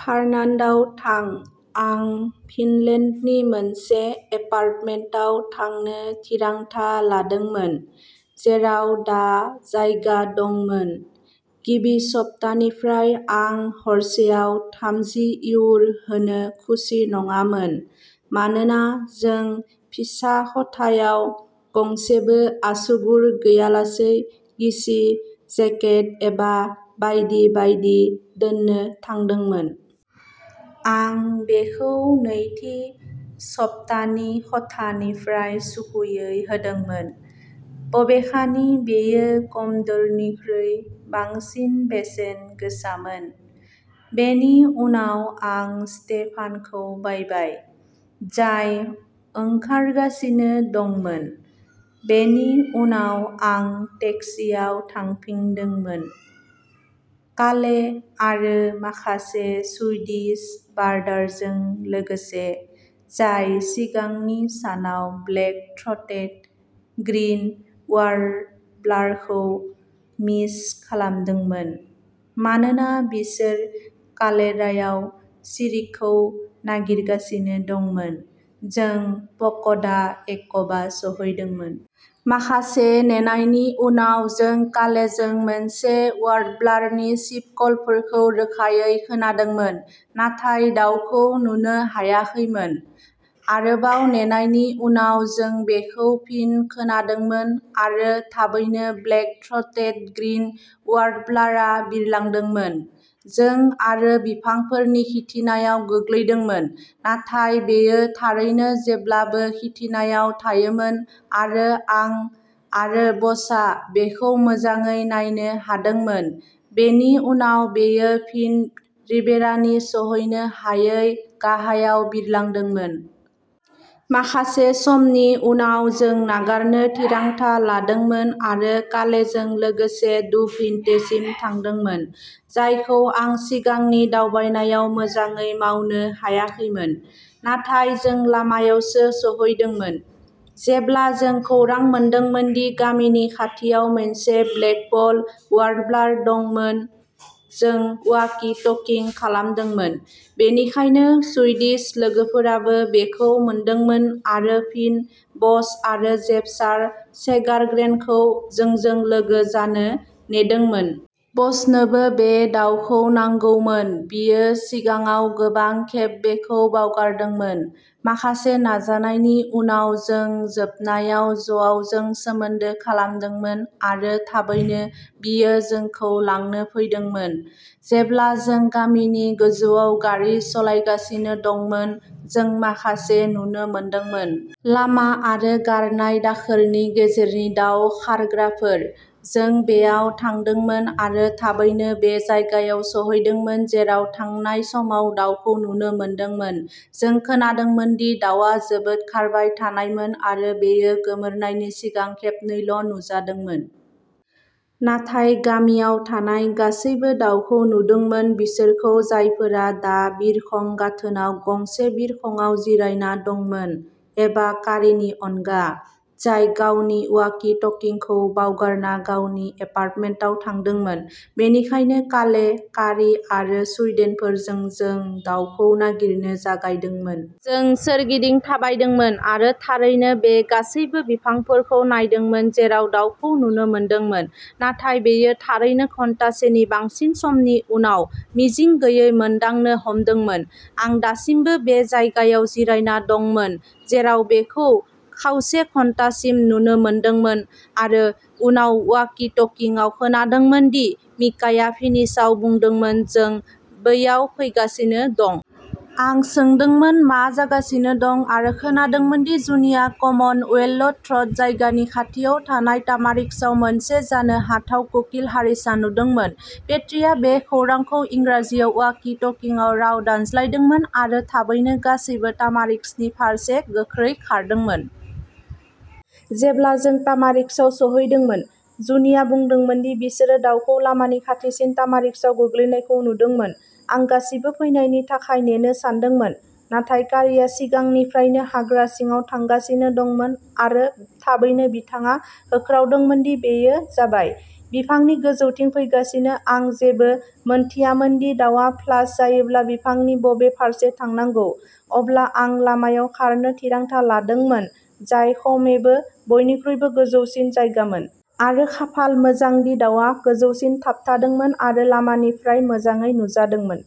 फार्नान्ड'आव थां। आं फिनलेन्डनि मोनसे एपार्टमेन्टाव थांनो थिरांथा लादोंमोन, जेराव दा जायगा दंमोन। गिबि सप्तानिफ्राय आं हरसेआव थामजि इउर' होनो खुसि नङामोन, मानोना जों फिसा खथायाव गंसेबो आसुगुर गैयालासे गिसि जेकेट एबा बायदि बायदि दोननो थादोंमोन। आं बेखौ नैथि सप्तानि खथानिफ्राय सुखुयै होदोंमोन, बबेखानि बेयो कम'डर'निख्रुइ बांसिन बेसेन गोसामोन। बेनि उनाव आं स्टेफानखौ बायबाय, जाय ओंखारगासिनो दंमोन। बेनि उनाव आं टेक्सिआव थांफिनदोंमोन। काले आरो माखासे सुइडिश बार्डारजों लोगोसे, जाय सिगांनि सानाव ब्लेक-थ्र'टेटेड ग्रीन वार्बलारखौ मिस खालामदोंमोन, मानोना बिसोरो काल्डेरायाव सिरिकखौ नायगासिनो दंमोन, जों प'क'दा एक्वा सौहैदोंमोन। माखासे नेनायनि उनाव जों कालेजों मोनसे वार्बलारनि चिप-कलफोरखौ रोखायै खोनादोंमोन, नाथाय दाउखौ नुनो हायाखैमोन। आरोबाव नेनायनि उनाव जों बेखौ फिन खोनादोंमोन आरो थाबैनो ब्लेक-थ्र'टेटेड ग्रीन वार्बलारआ बिरलांदोंमोन। जों आरो बिफांफोरनि थिखिनियाव गोग्लैदोंमोन। नाथाय बेयो थारैनो जेब्लाबो थिखिनियाव थायोमोन आरो आं आरो ब'स'आ बेखौ मोजाङै नायनो हादोंमोन, बेनि उनाव बेयो फिन रिबेरानि सौहैनो हायै गाहायाव बिरलांदोंमोन। माखासे समनि उनाव जों नागारनो थिरांथा लादोंमोन आरो कालेजों लोगोसे डु भिन्टेसिम थांदोंमोन, जायखौ आं सिगांनि दावबायनायाव मोजाङै मावनो हायाखैमोन। नाथाय जों लामायावसो सौहैदोंमोन, जेब्ला जों खौरां मोनदोंमोन दि गामिनि खाथियाव मोनसे ब्लेकपल वार्बलार दंमोन जों वाकी-टकिं खालामदोंमोन, बेनिखायनो सुइडिश लोगोफोराबो बेखौ मोनदोंमोन आरो फिन ब'स' आरो जेस्पार सेगारग्रेनखौ जोंजों लोगो जानो नेदोंमोन। ब'स' नोबो बे दाउखौ नांगौमोन बियो सिगाङाव गोबां खेब बेखौ बावगारदोंमोन। माखासे नाजानायनि उनाव जों जोबनायाव ज'आवजों सोमोन्दो खालामदोंमोन आरो थाबैनो बियो जोंखौ लांनो फैदोंमोन। जेब्ला जों गामिनि गोजौआव गारि सालायगासिनो दंमोन, जों माखासे नुनो मोनदोंमोन। लामा आरो गारनाय दाखोरनि गेजेरनि दाव खारग्राफोर। जों बैयाव थांदोंमोन आरो थाबैनो बै जायगायाव सौहैदोंमोन जेराव थांनाय समाव दाउखौ नुनो मोनदोंमोन। जों खोनादोंमोन दि दाउआ जोबोद खारबाय थानायमोन आरो बेयो गोमोरनायनि सिगां खेबनैल' नुजादोंमोन। नाथाय गामियाव थानाय गासैबो दाउखौ नुदोंमोन बिसोरखौबो जायफोरा दा बिरखं गाथोनआव गंसे बिरखंआव जिरायना दंमोन एबा कारीनि अनगा, जाय गावनि वाकी-टकीखौ बावगारना गावनि एपार्टमेन्टआव थांदोंमोन। बेनिखायनो काले, कारी आरो सुइडेनफोरजों जों दाउखौ नागिरनो जागायदोंमोन। जों सोरगिदिं थाबायदोंमोन आरो थारैनो बे गासैबो बिफांफोरखौ नायदोंमोन जेराव दाउखौ नुनो मोनदोंमोन, नाथाय बेयो थारैनो घन्टासेनि बांसिन समनि उनाव मिजिं गैयै मोनदांनो हमदोंमोन। आं दासिमबो बे जायगायाव जिरायना दंमोन जेराव बेखौ खावसे घन्टासिम नुनो मोनदोंमोन आरो उनाव वाकी-टकींआव खोनादोंमोन दि मिकाया फिनिशआव बुंदोंमोन जों बैयाव फैगासिनो दं। आं सोंदोंमोन मा जागासिनो दं? आरो खोनादोंमोन दि जुनिआ कमन येल्ल'थ्र'ट जायगानि खाथियाव थानाय तामारिस्कआव मोनसे जानो हाथाव कोकिल-हारिसा नुदोंमोन। पेट्रीआ बे खौरांखौ इंराजियाव वाकी-टकींआव राव दानस्लायदोंमोन आरो थाबैनो गासैबो तामारिस्कनि फारसे गोख्रै खारदोंमोन। जेब्ला जों तामारिस्कआव सौहैदोंमोन, जुनिआ बुंदोंमोन दि बिसोरो दाउखौ लामानि खाथिसिन तामारिस्कआव गोग्लैनायखौ नुदोंमोन। आं गासैबो फैनायनि थाखाय नेनो सानदोंमोन, नाथाय कारीआ सिगांनिफ्रायनो हाग्रा सिङाव थांगासिनो दंमोन आरो थाबैनो बिथाङा होख्रावदोंमोनदि बेयो जाबाय, बिफांनि गोजौथिं फैगासिनो आं जेबो मिन्थियामोन दि दाउआ फ्लास जायोब्ला बिफांनि बबे फारसे थांनांगौ अब्ला आं लामायाव खारनो थिरांथा लादोंमोन, जाय खमैबो बयनिख्रुइबो गोजौसिन जायगामोन। आरो खाफाल मोजां दि दाउआ गोजौसिम थाबथादोंमोन आरो लामानिफ्राय मोजाङै नुजादोंमोन।